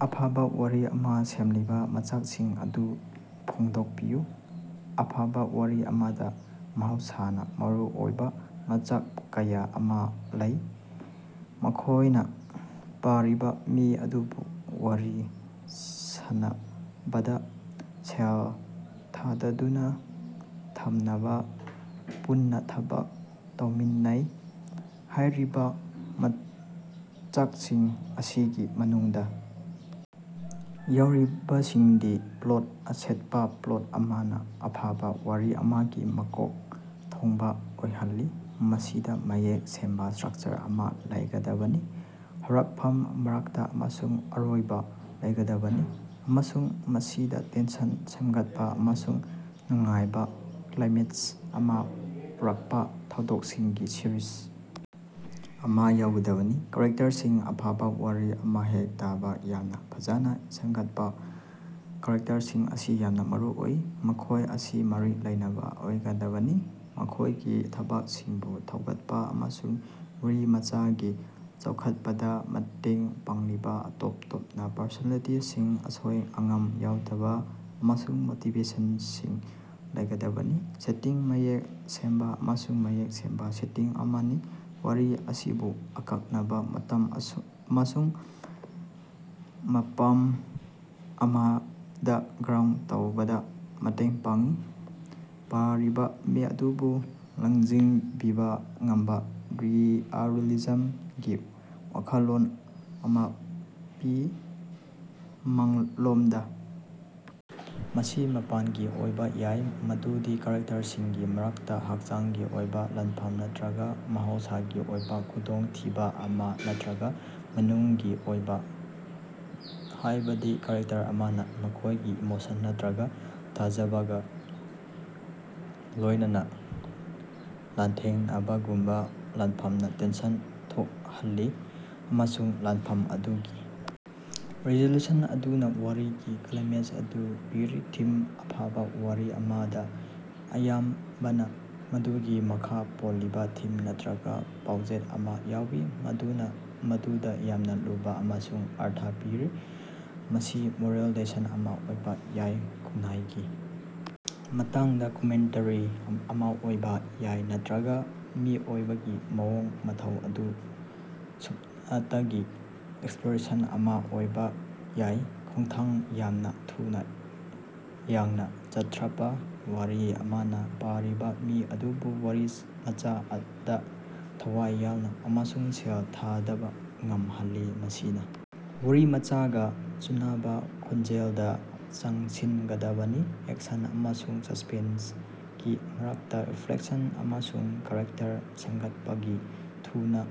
ꯑꯐꯕꯥ ꯋꯥꯔꯤ ꯑꯃꯥ ꯁꯦꯝꯂꯤꯕꯥ ꯃꯆꯥꯛꯁꯤꯡ ꯑꯗꯨ ꯐꯣꯡꯗꯣꯛꯄꯤꯌꯨ꯫ ꯑꯐꯕꯥ ꯋꯥꯔꯤ ꯑꯃꯗꯥ ꯃꯍꯧꯁꯥꯅꯥ ꯃꯔꯨ ꯑꯣꯏꯕꯥ ꯃꯆꯥꯛ ꯀꯌꯥ ꯑꯃꯥ ꯂꯩ꯫ ꯃꯈꯣꯏꯅꯥ ꯄꯥꯔꯤꯕꯥ ꯃꯤ ꯑꯗꯨꯕꯨ ꯋꯥꯔꯤ ꯁꯥꯟꯅꯕꯗꯥ ꯁꯦꯜ ꯊꯥꯗꯗꯨꯅꯥ ꯊꯝꯅꯕꯥ ꯄꯨꯟꯅꯥ ꯊꯕꯛ ꯇꯧꯃꯤꯟꯅꯩ꯫ ꯍꯥꯏꯔꯤꯕꯥ ꯃꯆꯥꯛꯁꯤꯡ ꯑꯁꯤꯒꯤ ꯃꯅꯨꯡꯗꯥ ꯌꯥꯎꯔꯤꯕꯁꯤꯡꯗꯤ: ꯄ꯭ꯂꯣꯠ: ꯑꯆꯦꯠꯄꯥ ꯄ꯭ꯂꯣꯠ ꯑꯃꯅꯥ ꯑꯐꯕꯥ ꯋꯥꯔꯤ ꯑꯃꯒꯤ ꯃꯀꯣꯛ ꯊꯣꯡꯕꯥ ꯑꯣꯏꯍꯜꯂꯤ꯫ ꯃꯁꯤꯗꯥ ꯃꯌꯦꯛ ꯁꯦꯡꯕꯥ ꯁ꯭ꯇꯔꯛꯆꯔ ꯑꯃꯥ ꯂꯩꯒꯗꯕꯅꯤ꯫ ꯍꯧꯔꯛꯐꯝ ꯃꯔꯛꯇꯥ ꯑꯃꯁꯨꯡ ꯑꯔꯣꯏꯕꯥ ꯂꯩꯒꯗꯕꯅꯤ꯫ ꯑꯃꯁꯨꯡ ꯃꯁꯤꯗꯥ ꯇꯦꯟꯁꯟ ꯁꯦꯝꯒꯠꯄꯥ ꯑꯃꯁꯨꯡ ꯅꯨꯡꯉꯥꯏꯕꯥ ꯀ꯭ꯂꯥꯏꯃꯦꯛꯁ ꯑꯃꯥ ꯄꯨꯔꯛꯄꯥ ꯊꯧꯗꯣꯛꯁꯤꯡꯒꯤ ꯁꯤꯔꯤꯖ ꯑꯃꯥ ꯌꯥꯎꯒꯗꯕꯅꯤ꯫ ꯀꯔꯦꯛꯇ꯭ꯔꯁꯤꯡ: ꯑꯐꯕꯥ ꯋꯥꯔꯤ ꯑꯃꯍꯦꯛꯇꯗꯥ ꯌꯥꯝꯅꯥ ꯐꯖꯅꯥ ꯁꯦꯝꯒꯠꯄꯥ ꯀꯔꯦꯛꯇ꯭ꯔꯁꯤꯡ ꯑꯁꯤ ꯌꯥꯝꯅꯥ ꯃꯔꯨ ꯑꯣꯏ꯫ ꯃꯈꯣꯏ ꯑꯁꯤ ꯃꯔꯤ ꯂꯩꯅꯕꯥ ꯑꯣꯏꯒꯗꯕꯅꯤ꯫ ꯃꯈꯣꯏꯒꯤ ꯊꯕꯛꯁꯤꯡꯕꯨ ꯊꯧꯒꯠꯄꯥ ꯑꯃꯁꯨꯡ ꯋꯥꯔꯤꯃꯆꯥꯒꯤ ꯆꯥꯎꯈꯠꯄꯗꯥ ꯃꯇꯦꯡ ꯄꯥꯡꯂꯤꯕꯥ ꯇꯣꯞ ꯇꯣꯞꯄꯥ ꯄꯔꯁꯣꯅꯦꯂꯤꯇꯤꯁꯤꯡ, ꯑꯁꯣꯏ-ꯑꯉꯥꯝ ꯌꯥꯎꯗꯕꯥ ꯑꯃꯁꯨꯡ ꯃꯣꯇꯤꯕꯦꯁꯟꯁꯤꯡ ꯂꯩꯒꯗꯕꯅꯤ꯫ ꯁꯦꯇꯤꯡ: ꯃꯌꯦꯛ ꯁꯦꯡꯕꯥ ꯑꯃꯁꯨꯡ ꯃꯌꯦꯛ ꯁꯦꯡꯕꯥ ꯁꯦꯇꯤꯡ ꯑꯃꯅꯥ ꯋꯥꯔꯤ ꯑꯁꯤꯕꯨ ꯑꯀꯛꯅꯕꯥ ꯃꯇꯝ ꯑꯃꯁꯨꯡ ꯃꯐꯝ ꯑꯃꯗꯥ ꯒ꯭ꯔꯥꯎꯟꯗ ꯇꯧꯕꯗꯥ ꯃꯇꯦꯡ ꯄꯥꯡꯏ꯫ ꯄꯥꯔꯤꯕꯥ ꯃꯤ ꯑꯗꯨꯕꯨ ꯂꯝꯖꯤꯡꯕꯤꯕꯥ ꯉꯝꯕꯥ ꯔꯤꯑꯦꯂꯤꯖꯃꯒꯤ ꯋꯥꯈꯜꯂꯣꯟ ꯑꯃꯥ ꯄꯤ꯫ ꯃꯥꯡꯂꯣꯝꯗ. ꯃꯁꯤ ꯃꯄꯥꯟꯒꯤ ꯑꯣꯏꯕꯥ ꯌꯥꯏ, ꯃꯗꯨꯗꯤ ꯀꯔꯦꯛꯇ꯭ꯔꯁꯤꯡꯒꯤ ꯃꯔꯛꯇꯥ ꯍꯛꯆꯥꯡꯒꯤ ꯑꯣꯏꯕꯥ ꯂꯥꯟꯐꯝ ꯅꯠꯇ꯭ꯔꯒꯥ ꯃꯍꯧꯁꯥꯒꯤ ꯑꯣꯏꯕꯥ ꯈꯨꯗꯣꯡꯊꯤꯕꯥ ꯑꯃꯥ ꯅꯠꯇ꯭ꯔꯒꯥ ꯃꯅꯨꯡꯒꯤ ꯑꯣꯏꯕꯥ, ꯍꯥꯏꯕꯗꯤ ꯀꯔꯦꯛꯇ꯭ꯔ ꯑꯃꯅꯥ ꯃꯈꯣꯏꯒꯤ ꯏꯃꯣꯁꯟ ꯅꯠꯇ꯭ꯔꯒꯥ ꯊꯥꯖꯕꯒꯥ ꯂꯣꯏꯅꯅꯥ ꯂꯥꯟꯊꯦꯡꯅꯕꯒꯨꯝꯕꯥ ꯂꯥꯟꯐꯝꯅꯥ ꯇꯦꯟꯁꯟ ꯊꯣꯛꯍꯜꯂꯤ꯫ ꯑꯃꯁꯨꯡ ꯂꯥꯟꯐꯝ ꯑꯗꯨꯒꯤ ꯔꯤꯖꯣꯂꯨꯁꯟ ꯑꯗꯨꯅꯥ ꯋꯥꯔꯤꯒꯤ ꯀ꯭ꯂꯥꯏꯃꯦꯛꯁ ꯑꯗꯨ ꯄꯤꯔꯤ꯫ ꯊꯤꯝ: ꯑꯐꯕꯥ ꯋꯥꯔꯤ ꯑꯃꯗꯥ ꯑꯌꯥꯝꯕꯅꯥ ꯃꯗꯨꯒꯤ ꯃꯈꯥ ꯄꯣꯜꯂꯤꯕꯥ ꯊꯤꯝ ꯅꯠꯇ꯭ꯔꯒꯥ ꯄꯥꯎꯖꯦꯜ ꯑꯃꯥ ꯌꯥꯎꯏ ꯃꯗꯨꯅꯥ ꯃꯗꯨꯗꯥ ꯌꯥꯝꯅꯥ ꯂꯨꯕꯥ ꯑꯃꯁꯨꯡ ꯑꯔꯊ ꯄꯤꯔꯤ꯫ ꯃꯁꯤ ꯃꯣꯔꯦꯜ ꯂꯦꯁꯟ ꯑꯃꯥ ꯑꯣꯏꯕꯥ ꯌꯥꯏ ꯈꯨꯟꯅꯥꯏꯒꯤ ꯃꯇꯥꯡꯗꯥ ꯀꯃꯦꯟꯇꯔꯤ ꯑꯃꯥ ꯑꯣꯏꯕꯥ ꯌꯥꯏ ꯅꯠꯇ꯭ꯔꯒꯥ ꯃꯤꯑꯣꯏꯕꯒꯤ ꯃꯑꯣꯡ ꯃꯇꯧ ꯑꯗꯨ ꯁꯨꯞꯅꯇꯒꯤ ꯑꯦꯛꯁꯞꯂꯣꯔꯦꯁꯟ ꯑꯃꯥ ꯑꯣꯏꯕꯥ ꯌꯥꯏ꯫ ꯈꯣꯡꯊꯥꯡ: ꯌꯥꯝꯅꯥ ꯊꯨꯅꯥ ꯌꯥꯡꯅꯥ ꯆꯠꯊꯔꯀꯄꯥ ꯋꯥꯔꯤ ꯑꯃꯅꯥ ꯄꯥꯔꯤꯕꯥ ꯃꯤ ꯑꯗꯨꯕꯨ ꯋꯥꯔꯤꯃꯆꯥꯗꯥ ꯊꯋꯥꯏ ꯌꯥꯎꯅꯥ ꯑꯃꯁꯨꯡ ꯁꯦꯜ ꯊꯥꯗꯕꯥ ꯉꯝꯍꯜꯂꯤ꯫ ꯃꯁꯤꯅꯥ ꯋꯥꯔꯤꯃꯆꯥꯒꯥ ꯆꯨꯅꯕꯥ ꯈꯣꯡꯖꯦꯜꯗꯥ ꯆꯪꯁꯤꯟꯒꯗꯕꯅꯤ꯫ ꯑꯦꯛꯁꯟ ꯑꯃꯁꯨꯡ ꯁꯁ꯭ꯄꯦꯟꯁꯀꯤ ꯃꯔꯛꯇꯥ ꯔꯤꯐ꯭ꯂꯦꯛꯁꯟ ꯑꯃꯁꯨꯡ ꯆꯔꯤꯇ꯭ꯔ ꯁꯦꯝꯒꯠꯄꯒꯤ ꯊꯨꯅꯥ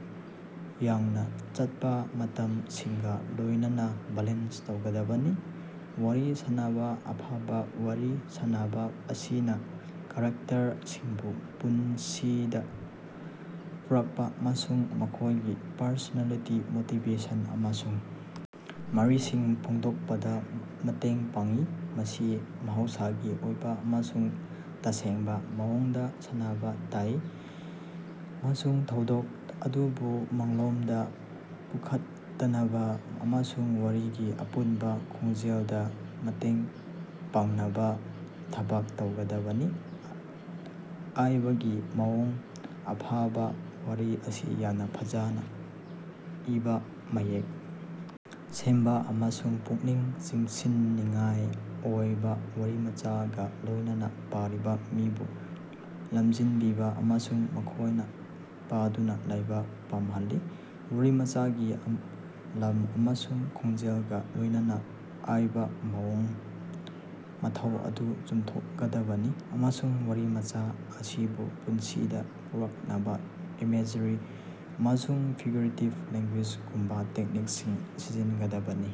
ꯌꯥꯡꯅꯥ ꯆꯠꯄꯥ ꯃꯇꯝꯁꯤꯡꯒꯥ ꯂꯣꯏꯅꯅꯥ ꯕꯦꯂꯦꯟꯁ ꯇꯧꯒꯗꯕꯅꯤ꯫ ꯋꯥꯔꯤ ꯁꯥꯅꯕꯥ: ꯑꯐꯕꯥ ꯋꯥꯔꯤ ꯁꯥꯅꯕꯥ ꯑꯁꯤꯅꯥ ꯆꯔꯤꯇ꯭ꯔꯁꯤꯡꯕꯨ ꯄꯨꯟꯁꯤꯗꯥ ꯄꯨꯔꯛꯄꯥ ꯑꯃꯁꯨꯡ ꯃꯈꯣꯏꯒꯤ ꯄꯔꯁꯣꯅꯦꯂꯤꯇꯤ, ꯃꯣꯇꯤꯕꯦꯁꯟ, ꯑꯃꯁꯨꯡ ꯃꯔꯤꯁꯤꯡ ꯐꯣꯡꯗꯣꯛꯄꯗꯥ ꯃꯇꯦꯡ ꯄꯥꯡꯏ꯫ ꯃꯁꯤ ꯃꯍꯧꯁꯥꯒꯤ ꯑꯣꯏꯕꯥ ꯑꯃꯁꯨꯡ ꯇꯁꯦꯡꯕꯥ ꯃꯑꯣꯡꯗꯥ ꯁꯥꯅꯕꯥ ꯇꯥꯏ꯫ꯑꯃꯁꯨꯡ ꯊꯧꯗꯣꯛ ꯑꯗꯨꯕꯨ ꯃꯥꯡꯂꯣꯝꯗꯥ ꯄꯨꯈꯠꯅꯕꯥ ꯑꯃꯁꯨꯡ ꯋꯥꯔꯤꯒꯤ ꯑꯄꯨꯟꯕꯥ ꯈꯣꯟꯖꯦꯜꯗꯥ ꯃꯇꯦꯡ ꯄꯥꯡꯅꯕꯥ ꯊꯕꯛ ꯇꯧꯒꯗꯕꯅꯤ꯫ ꯑꯏꯕꯒꯤ ꯃꯑꯣꯡ: ꯑꯐꯕꯥ ꯋꯥꯔꯤ ꯑꯁꯤ ꯌꯥꯝꯅꯥ ꯐꯖꯅꯥ ꯏꯕꯥ, ꯃꯌꯦꯛ ꯁꯦꯡꯕꯥ ꯑꯃꯁꯨꯡ ꯄꯨꯛꯅꯤꯡ ꯆꯤꯡꯁꯤꯟꯅꯤꯡꯉꯥꯏ ꯑꯣꯏꯕꯥ ꯋꯥꯔꯤꯃꯆꯥꯒꯥ ꯂꯣꯏꯅꯅꯥ ꯄꯥꯔꯤꯕꯥ ꯃꯤꯕꯨ ꯂꯃꯖꯤꯡꯕꯤꯕꯥ ꯑꯃꯁꯨꯡ ꯃꯈꯣꯏꯅꯥ ꯄꯥꯗꯨꯅꯥ ꯂꯩꯕꯥ ꯄꯥꯝꯍꯜꯂꯤ꯫ ꯋꯥꯔꯤꯃꯆꯥꯒꯤ ꯂꯝ ꯑꯃꯁꯨꯡ ꯈꯣꯟꯖꯦꯜꯒꯥ ꯂꯣꯏꯅꯅꯥ ꯑꯏꯕꯥ ꯃꯑꯣꯡ ꯃꯇꯧ ꯑꯗꯨ ꯆꯨꯝꯊꯣꯛꯀꯗꯕꯅꯤ꯫ ꯑꯃꯁꯨꯡ ꯋꯥꯔꯤꯃꯆꯥ ꯑꯁꯤꯕꯨ ꯄꯨꯟꯁꯤꯗꯥ ꯄꯨꯔꯛꯅꯕꯥ ꯏꯃꯦꯖꯔꯤ ꯑꯃꯁꯨꯡ ꯐꯤꯒꯔꯦꯇꯤꯕ ꯂꯦꯉ꯭ꯒꯨꯌꯦꯖꯒꯨꯝꯕꯥ ꯇꯦꯛꯅꯤꯛꯁꯤꯡ ꯁꯤꯖꯤꯟꯅꯒꯗꯕꯅꯤ꯫